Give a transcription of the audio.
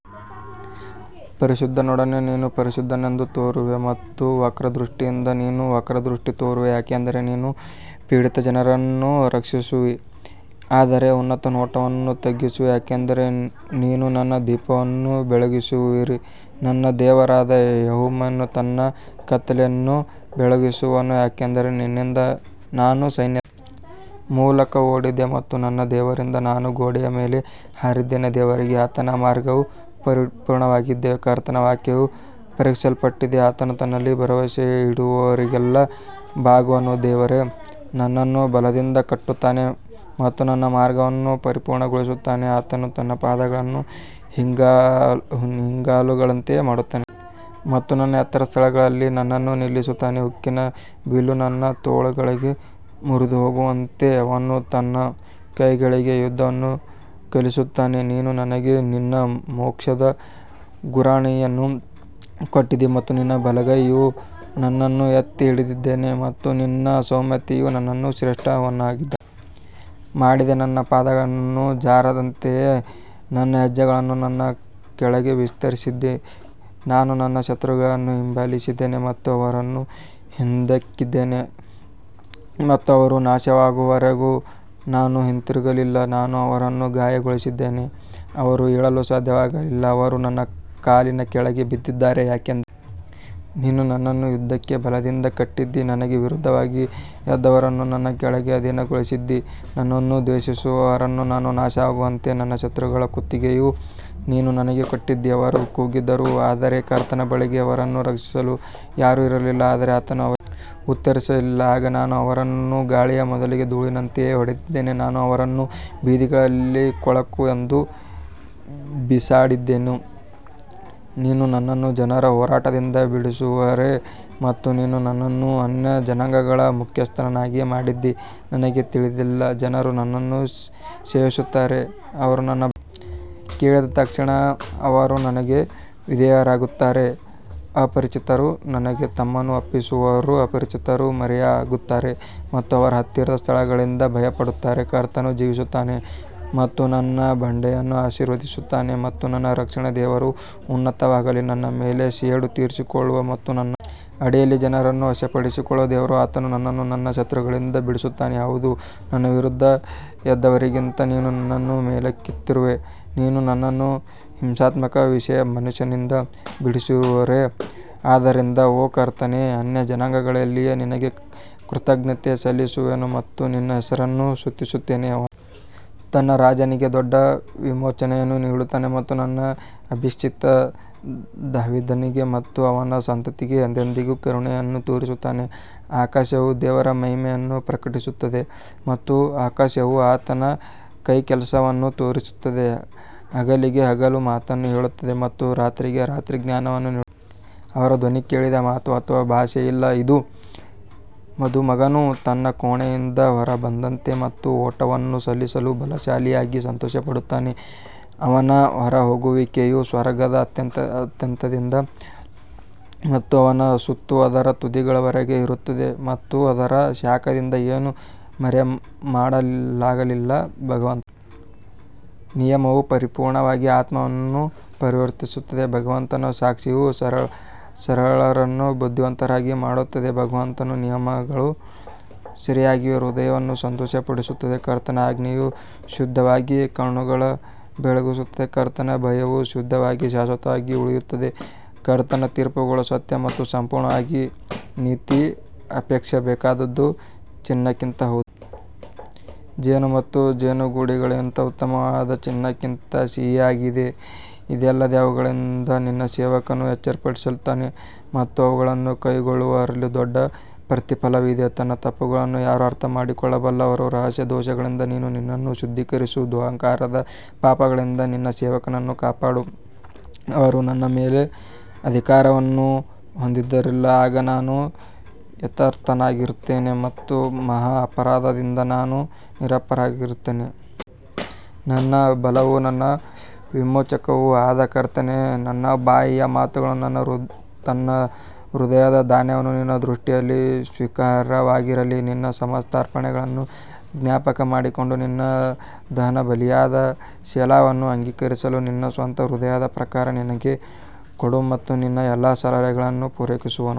ಪರಿಶುದ್ಧನೊಡನೆ ನೀನು ಪರಿಶುದ್ಧನೆಂದು ತೋರುವೆ ಮತ್ತು ವಕ್ರದೃಷ್ಟಿಯಿಂದ ನೀನು ವಕ್ರದೃಷ್ಟಿ ತೋರುವೆ ಯಾಕಂದರೆ ನೀನು ಪೀಡಿತ ಜನರನ್ನು ರಕ್ಷಿಸುವಿ ಆದರೆ ಉನ್ನತ ನೋಟವನ್ನು ತಗ್ಗಿಸುವೆ ಯಾಕಂದರೆ ನೀನು ನನ್ನ ದೀಪವನ್ನು ಬೆಳಗಿಸುವಿಯು ನನ್ನ ದೇವರಾದ ಯೆಹೋವನು ನನ್ನ ಕತ್ತಲೆಯನ್ನು ಬೆಳಗಿಸುವನು ಯಾಕಂದರೆ ನಿನ್ನಿಂದ ನಾನು ಸೈನ್ಯದ ಮೂಲಕ ಓಡಿದೆ ಮತ್ತು ನನ್ನ ದೇವರಿಂದ ನಾನು ಗೋಡೆಯ ಮೇಲೆ ಹಾರಿದ್ದೇನೆ ದೇವರಿಗೆ ಆತನ ಮಾರ್ಗವು ಪರಿಪೂರ್ಣವಾಗಿದೆ ಕರ್ತನ ವಾಕ್ಯವು ಪರೀಕ್ಷಿಸಲ್ಪಟ್ಟಿದೆ, ಆತನು ತನ್ನಲ್ಲಿ ಭರವಸೆಯಿಡುವವರಿಗೆಲ್ಲ ಬಾಗುವನು ದೇವರೇ ನನ್ನನ್ನು ಬಲದಿಂದ ಕಟ್ಟುತ್ತಾನೆ ಮತ್ತು ನನ್ನ ಮಾರ್ಗವನ್ನು ಪರಿಪೂರ್ಣಗೊಳಿಸುತ್ತಾನೆ ಆತನು ನನ್ನ ಪಾದಗಳನ್ನು ಹಿಂಗಾಲುಗಳಂತೆ ಮಾಡುತ್ತಾನೆ ಮತ್ತು ನನ್ನ ಎತ್ತರದ ಸ್ಥಳಗಳಲ್ಲಿ ನನ್ನನ್ನು ನಿಲ್ಲಿಸುತ್ತಾನೆ ಉಕ್ಕಿನ ಬಿಲ್ಲು ನನ್ನ ತೋಳುಗಳಿಂದ ಮುರಿದುಹೋಗುವಂತೆ ಅವನು ನನ್ನ ಕೈಗಳಿಗೆ ಯುದ್ಧವನ್ನು ಕಲಿಸುತ್ತಾನೆ ನೀನು ನನಗೆ ನಿನ್ನ ಮೋಕ್ಷದ ಗುರಾಣಿಯನ್ನು ಕೊಟ್ಟಿದ್ದೀ ಮತ್ತು ನಿನ್ನ ಬಲಗೈಯು ನನ್ನನ್ನು ಎತ್ತಿ ಹಿಡಿದಿದೆ ಮತ್ತು ನಿನ್ನ ಸೌಮ್ಯತೆಯು ನನ್ನನ್ನು ಶ್ರೇಷ್ಠನನ್ನಾಗಿ ಮಾಡಿದೆ ನನ್ನ ಪಾದಗಳು ಜಾರದಂತೆ ನನ್ನ ಹೆಜ್ಜೆಗಳನ್ನು ನನ್ನ ಕೆಳಗೆ ವಿಸ್ತರಿಸಿದ್ದೀ ನಾನು ನನ್ನ ಶತ್ರುಗಳನ್ನು ಹಿಂಬಾಲಿಸಿದ್ದೇನೆ ಮತ್ತು ಅವರನ್ನು ಹಿಂದಿಕ್ಕಿದ್ದೇನೆ ಮತ್ತು ಅವರು ನಾಶವಾಗುವವರೆಗೂ ನಾನು ಹಿಂತಿರುಗಲಿಲ್ಲ ನಾನು ಅವರನ್ನು ಗಾಯಗೊಳಿಸಿದ್ದೇನೆ, ಅವರು ಏಳಲು ಸಾಧ್ಯವಾಗಲಿಲ್ಲ, ಅವರು ನನ್ನ ಕಾಲಿನ ಕೆಳಗೆ ಬಿದ್ದಿದ್ದಾರೆ ಯಾಕಂದರೆ ನೀನು ನನ್ನನ್ನು ಯುದ್ಧಕ್ಕೆ ಬಲದಿಂದ ಕಟ್ಟಿದ್ದೀ, ನನಗೆ ವಿರುದ್ಧವಾಗಿ ಎದ್ದವರನ್ನು ನನ್ನ ಕೆಳಗೆ ಅಧೀನಗೊಳಿಸಿದ್ದೀ ನನ್ನನ್ನು ದ್ವೇಷಿಸುವವರನ್ನು ನಾನು ನಾಶಮಾಡುವಂತೆ ನನ್ನ ಶತ್ರುಗಳ ಕುತ್ತಿಗೆಯನ್ನೂ ನೀನು ನನಗೆ ಕೊಟ್ಟಿದ್ದೀ ಅವರು ಕೂಗಿದರು ಆದರೆ ಕರ್ತನ ಬಳಿಗೆ ಅವರನ್ನು ರಕ್ಷಿಸಲು ಯಾರೂ ಇರಲಿಲ್ಲ ಆದರೆ ಆತನು ಅವರಿಗೆ ಉತ್ತರಿಸಲಿಲ್ಲ ಆಗ ನಾನು ಅವರನ್ನು ಗಾಳಿಯ ಮೊದಲು ಧೂಳಿನಂತೆ ಹೊಡೆದೆನು, ನಾನು ಅವರನ್ನು ಬೀದಿಗಳಲ್ಲಿ ಕೊಳಕು ಎಂದು ಬಿಸಾಡಿದೆನು ನೀನು ನನ್ನನ್ನು ಜನರ ಹೋರಾಟದಿಂದ ಬಿಡಿಸಿರುವೆ ಮತ್ತು ನೀನು ನನ್ನನ್ನು ಅನ್ಯಜನಾಂಗಗಳ ಮುಖ್ಯಸ್ಥನನ್ನಾಗಿ ಮಾಡಿದ್ದೀ, ನನಗೆ ತಿಳಿದಿಲ್ಲದ ಜನರು ನನ್ನನ್ನು ಸೇವಿಸುತ್ತಾರೆ ಅವರು ನನ್ನ ಬಗ್ಗೆ ಕೇಳಿದ ತಕ್ಷಣ ಅವರು ನನಗೆ ವಿಧೇಯರಾಗುತ್ತಾರೆ ಅಪರಿಚಿತರು ನನಗೆ ತಮ್ಮನ್ನು ಒಪ್ಪಿಸುವರು ಅಪರಿಚಿತರು ಮರೆಯಾಗುತ್ತಾರೆ ಮತ್ತು ಅವರ ಹತ್ತಿರದ ಸ್ಥಳಗಳಿಂದ ಭಯಪಡುತ್ತಾರೆ ಕರ್ತನು ಜೀವಿಸುತ್ತಾನೆ ಮತ್ತು ನನ್ನ ಬಂಡೆಯನ್ನು ಆಶೀರ್ವದಿಸುತ್ತಾನೆ ಮತ್ತು ನನ್ನ ರಕ್ಷಣೆಯ ದೇವರು ಉನ್ನತವಾಗಲಿ ನನ್ನ ಮೇಲೆ ಸೇಡು ತೀರಿಸಿಕೊಳ್ಳುವ ಮತ್ತು ನನ್ನ ಅಡಿಯಲ್ಲಿ ಜನರನ್ನು ವಶಪಡಿಸಿಕೊಳ್ಳುವ ದೇವರು ಆತನು ನನ್ನನ್ನು ನನ್ನ ಶತ್ರುಗಳಿಂದ ಬಿಡಿಸುತ್ತಾನೆ, ಹೌದು ನನ್ನ ವಿರುದ್ಧ ಎದ್ದವರಿಗಿಂತ ನೀನು ನನ್ನನ್ನು ಮೇಲಕ್ಕೆತ್ತಿರುವೆ, ನೀನು ನನ್ನನ್ನು ಹಿಂಸಾತ್ಮಕ ಮನುಷ್ಯನಿಂದ ಬಿಡಿಸಿರುವೆ ಆದದರಿಂದ ಓ ಕರ್ತನೇ ಅನ್ಯಜನಾಂಗಗಳಲ್ಲಿ ನಿನಗೆ ಕೃತಜ್ಞತೆ ಸಲ್ಲಿಸುವೆನು ಮತ್ತು ನಿನ್ನ ಹೆಸರನ್ನು ಸ್ತುತಿಸುತ್ತೇನೆ ಅವನು ತನ್ನ ರಾಜನಿಗೆ ದೊಡ್ಡ ವಿಮೋಚನೆಯನ್ನು ನೀಡುತ್ತಾನೆ ಮತ್ತು ತನ್ನ ಅಭಿಷಿಕ್ತ ದಾವೀದನಿಗೆ ಮತ್ತು ಅವನ ಸಂತತಿಗೆ ಎಂದೆಂದಿಗೂ ಕರುಣೆಯನ್ನು ತೋರಿಸುತ್ತಾನೆ ಆಕಾಶವು ದೇವರ ಮಹಿಮೆಯನ್ನು ಪ್ರಕಟಿಸುತ್ತದೆ ಮತ್ತು ಆಕಾಶವು ಆತನ ಕೈಕೆಲಸವನ್ನು ತೋರಿಸುತ್ತದೆ ಹಗಲಿಗೆ ಹಗಲು ಮಾತನ್ನು ಹೇಳುತ್ತದೆ ಮತ್ತು ರಾತ್ರಿಗೆ ರಾತ್ರಿ ಜ್ಞಾನವನ್ನು ನೀಡುತ್ತದೆ ಅವರ ಧ್ವನಿ ಕೇಳದ ಮಾತು ಅಥವಾ ಭಾಷೆ ಇಲ್ಲ ಇದು ಮದುಮಗನು ತನ್ನ ಕೋಣೆಯಿಂದ ಹೊರಬಂದಂತೆ ಮತ್ತು ಓಟವನ್ನು ನಡೆಸಲು ಬಲಶಾಲಿಯಾಗಿ ಸಂತೋಷಪಡುತ್ತಾನೆ ಅವನ ಹೊರಹೋಗುವಿಕೆಯು ಸ್ವರ್ಗದ ಅಂತ್ಯದಿಂದ ಮತ್ತು ಅವನ ಸುತ್ತು ಅದರ ತುದಿಗಳವರೆಗೆ ಇರುತ್ತದೆ ಮತ್ತು ಅದರ ಶಾಖದಿಂದ ಏನೂ ಮರೆಮಾಡಲಾಗಿಲ್ಲ ಭಗವಂತನ ನಿಯಮವು ಪರಿಪೂರ್ಣವಾಗಿದೆ ಆತ್ಮವನ್ನು ಪರಿವರ್ತಿಸುತ್ತದೆ, ಭಗವಂತನ ಸಾಕ್ಷಿಯು ಸರಳರನ್ನು ಬುದ್ಧಿವಂತರನ್ನಾಗಿ ಮಾಡುತ್ತದೆ ಭಗವಂತನ ನಿಯಮಗಳು ಸರಿಯಾಗಿವೆ ಹೃದಯವನ್ನು ಸಂತೋಷಪಡಿಸುತ್ತದೆ ಕರ್ತನ ಆಜ್ಞೆಯು ಶುದ್ಧವಾಗಿದೆ ಕಣ್ಣುಗಳನ್ನು ಬೆಳಗಿಸುತ್ತದೆ ಕರ್ತನ ಭಯವು ಶುದ್ಧವಾಗಿದೆ ಶಾಶ್ವತವಾಗಿ ಉಳಿಯುತ್ತದೆ ಕರ್ತನ ತೀರ್ಪುಗಳು ಸತ್ಯ ಮತ್ತು ಸಂಪೂರ್ಣವಾಗಿ ನೀತಿ ಅಪೇಕ್ಷಿಸಬೇಕಾದದ್ದು ಚಿನ್ನಕ್ಕಿಂತ ಹೌದು, ಜೇನು ಮತ್ತು ಜೇನುಗೂಡುಗಳಿಗಿಂತ ಉತ್ತಮವಾದ ಚಿನ್ನಕ್ಕಿಂತ ಸಿಹಿಯಾಗಿದೆ ಇದಲ್ಲದೆ ಅವುಗಳಿಂದ ನಿನ್ನ ಸೇವಕನು ಎಚ್ಚರಿಸಲ್ಪಟ್ಟಿದ್ದಾನೆ ಮತ್ತು ಅವುಗಳನ್ನು ಕೈಕೊಳ್ಳುವಲ್ಲಿ ದೊಡ್ಡ ಪ್ರತಿಫಲವಿದೆ ತನ್ನ ತಪ್ಪುಗಳನ್ನು ಯಾರು ಅರ್ಥಮಾಡಿಕೊಳ್ಳಬಲ್ಲರು, ರಹಸ್ಯ ದೋಷಗಳಿಂದ ನೀನು ನನ್ನನ್ನು ಶುದ್ಧೀಕರಿಸು ದುರಹಂಕಾರದ ಪಾಪಗಳಿಂದ ನಿನ್ನ ಸೇವಕನನ್ನು ಕಾಪಾಡು, ಅವರು ನನ್ನ ಮೇಲೆ ಅಧಿಕಾರವನ್ನು ಹೊಂದದಿರಲಿ, ಆಗ ನಾನು ಯಥಾರ್ಥನಾಗಿರುತ್ತೇನೆ ಮತ್ತು ಮಹಾ ಅಪರಾಧದಿಂದ ನಾನು ನಿರಪರಾಧಿಯಾಗುತ್ತೇನೆ. ನನ್ನ ಬಲವೂ ನನ್ನ ವಿಮೋಚಕನೂ ಆದ ಕರ್ತನೇ, ನನ್ನ ಬಾಯಿಯ ಮಾತುಗಳು ಮತ್ತು ನನ್ನ ಹೃದಯದ ಧ್ಯಾನವು ನಿನ್ನ ದೃಷ್ಟಿಯಲ್ಲಿ ಸ್ವೀಕಾರಾರ್ಹವಾಗಿರಲಿ ನಿನ್ನ ಸಮಸ್ತ ಅರ್ಪಣೆಗಳನ್ನು ಜ್ಞಾಪಕಮಾಡಿಕೊಂಡು ನಿನ್ನ ದಹನಬಲಿಯಾದ ಸೆಲಾವನ್ನು ಅಂಗೀಕರಿಸು ನಿನ್ನ ಸ್ವಂತ ಹೃದಯದ ಪ್ರಕಾರ ನಿನಗೆ ಕೊಡು ಮತ್ತು ನಿನ್ನ ಎಲ್ಲಾ ಸಲಹೆಗಳನ್ನು ಪೂರೈಸುವನು.